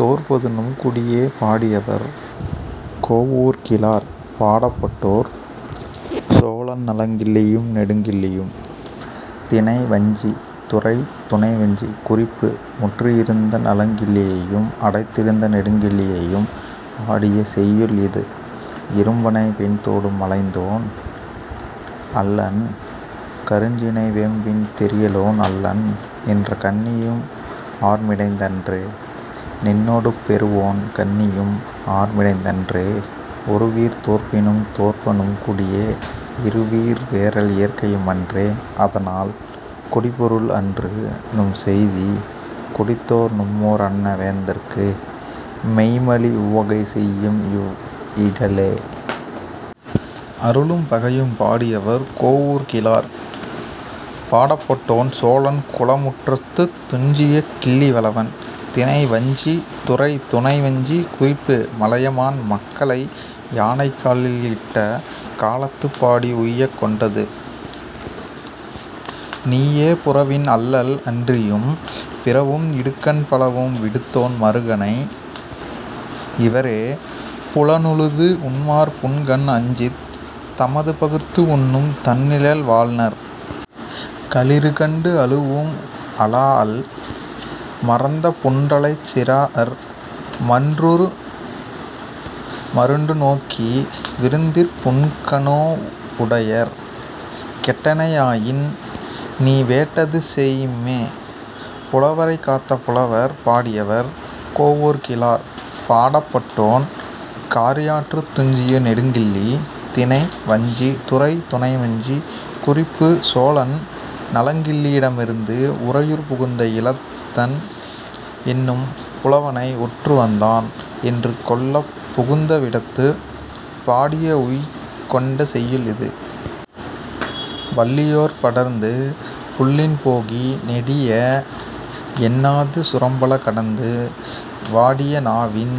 தோற்பது நும் குடியே! பாடியவர்: கோவூர் கிழார். பாடப்பட்டோர்: சோழன் நலங்கிள்ளியும், நெடுங்கிள்ளியும். திணை: வஞ்சி. துறை; துணை வஞ்சி. குறிப்பு: முற்றியிருந்த நலங்கிள்ளியையும், அடைத்திருந்த நெடுங்கிள்ளியையும் பாடிய செய்யுள் இது. இரும்பனை வெண்தோடு மலைந்தோன் அல்லன்; கருஞ்சினை வேம்பின் தெரியலோன் அல்லன்! நின்ன கண்ணியும் ஆர்மிடைந் தன்றே; நின்னொடு பொருவோன் கண்ணியும் ஆர்மிடைந் தன்றே; ஒருவீர் தோற்பினும், தோற்ப நும் குடியே; இருவீர் வேறல் இயற்கையும் அன்றே; அதனால், குடிப்பொருள் அன்று, நும் செய்தி; கொடித்தேர் நும்மோர் அன்ன வேந்தர்க்கு மெய்ம்மலி உவகை செய்யும், இவ் இகலே!. அருளும் பகையும்! பாடியவர்: கோவூர் கிழார். பாடப்பட்டோன்: சோழன் குளமுற்றத்துத் துஞ்சிய கிள்ளி வளவன். திணை: வஞ்சி. துறை; துணை வஞ்சி. குறிப்பு: மலையமான் மக்களை யானைக் காலில் இட்ட காலத்துப் பாடி உய்யக் கொண்டது. நீயே, புறவின் அல்லல் அன்றியும், பிறவும் இடுக்கண் பலவும் விடுத்தோன் மருகனை; இவரே, புலனுழுது உண்மார் புன்கண் அஞ்சித், தமதுபகுத்து உண்ணும் தண்ணிழல் வாழ்நர்! களிறுகண்டு அழூஉம் அழாஅல் மறந்த புன்றலைச் சிறாஅர் மன்று மருண்டு நோக்கி, விருந்திற் புன்கண்நோ வுடையர்; கெட்டனை யாயின், நீ வேட்டது செய்ம்மே!. புலவரைக் காத்த புலவர்! பாடியவர்: கோவூர் கிழார். பாடப்பட்டோன்: காரியாற்றுத் துஞ்சிய நெடுங்கிள்ளி. திணை: வஞ்சி. துறை; துணை வஞ்சி. குறிப்பு: சோழன் நலங்கிள்ளியிடமிருந்து உறையூர் புகுந்த இளந்தத்தன் என்னும் புலவனை, ஒற்று வந்தான் என்று கொல்லப் புகுந்தவிடத்துப், பாடி உய்யக் கொண்ட செய்யுள் இது. வள்ளியோர்ப் படர்ந்து, புள்ளின் போகி, 'நெடிய' என்னாது சுரம்பல கடந்து, வடியா நாவின்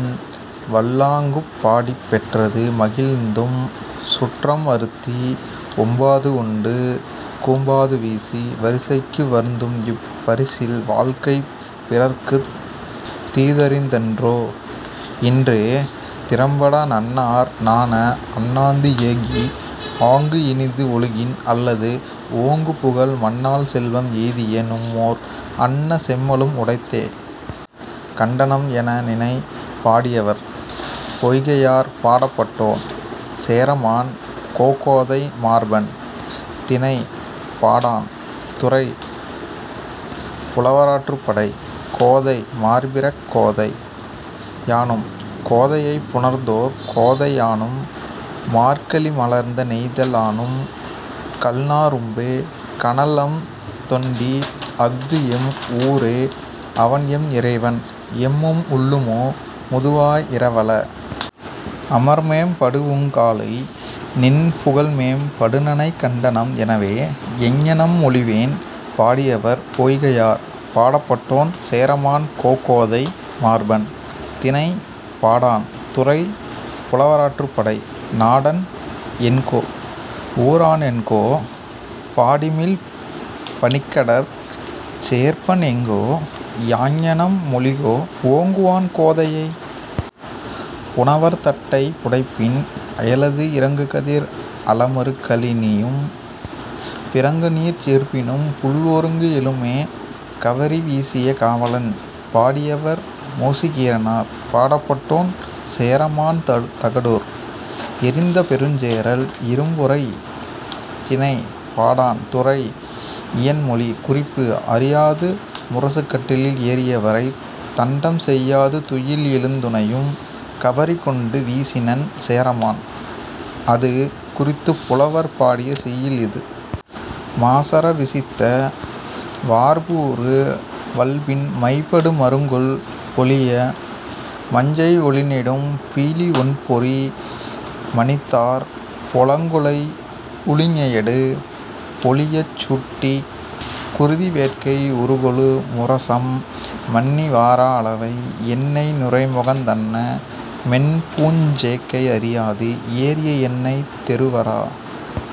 வல்லாங்குப் பாடிப், பெற்றது மகழ்ந்தும், சுற்றம் அருத்தி, ஓம்பாது உண்டு, கூம்பாது வீசி, வரிசைக்கு வருந்தும்இப் பரிசில் வாழ்க்கை பிறர்க்குத் தீதறிந் தன்றோ? இன்றே; திறம்பட நண்ணார் நாண, அண்ணாந்து ஏகி, ஆங்குஇனிது ஒழுகின் அல்லது, ஓங்கு புகழ் மண்ணாள் செல்வம் எய்திய நும்மோர் அன்ன செம்மலும் உடைத்தே.. 'கண்டனம்' என நினை! பாடியவர்: பொய்கையார். பாடப்பட்டோன்: சேரமான் கோக்கோதை மார்பன். திணை: பாடாண். துறை: புலவராற்றுப் படை. கோதை மார்பிற் கோதை யானும், கோதையைப் புணர்ந்தோர் கோதை யானும், மாக்கழி மலர்ந்த நெய்த லானும், கள்நா றும்மே, கானல்அம் தொண்டி; அ·துஎம் ஊரே; அவன்எம் இறைவன்; எம்மும் உள்ளுமோ; முதுவாய் இரவல! 'அமர்மேம் படூஉங் காலை, நின் புகழ்மேம் படுநனைக் கண்டனம்' எனவே.. எங்ஙனம் மொழிவேன்? பாடியவர்: பொய்கையார். பாடப்பட்டோன்: சேரமான் கோக்கோதை மார்பன். திணை: பாடாண். துறை: புலவராற்றுப் படை. நாடன் என்கோ? ஊரன் என்கோ? பாடிமிழ் பனிக்கடற் சேர்ப்பன் என்கோ? யாங்கனம் மொழிகோ, ஓங்குவாள் கோதையை? புனவர் தட்டை புடைப்பின், அயலது இறங்குகதிர் அலமரு கழனியும், பிறங்குநீர்ச் சேர்ப்பினும், புள் ஒருங்கு எழுமே!. கவரி வீசிய காவலன்! பாடியவர்: மோசிகீரனார். பாடப்பட்டோன்: சேரமான் தகடூர் எறிந்த பெருஞ்சேரல் இரும்பொறை. திணை:பாடாண். துறை: இயன் மொழி. குறிப்பு: அறியாது முரசுகட்டிலில் ஏறியவரைத் தண்டம் செய்யாது துயில் எழுந் துணையும் கவரிகொண்டு வீசினன் சேரமான்; அது குறித்துப் புலவர் பாடிய செய்யுள் இது. மாசற விசித்த வார்புஉறு வள்பின் மைபடு மருங்குல் பொலிய, மஞ்ஞை ஒலிநெடும் பீலி ஒண்பொறி, மணித்தார், பொலங்குழை உழிஞையடு, பொலியச் சூட்டிக், குருதி வேட்கை உருகெழு முரசம் மண்ணி வாரா அளவை, எண்ணெய் நுரைமுகந் தன்ன மென்பூஞ் சேக்கை அறியாது ஏறிய என்னைத் தெறுவர,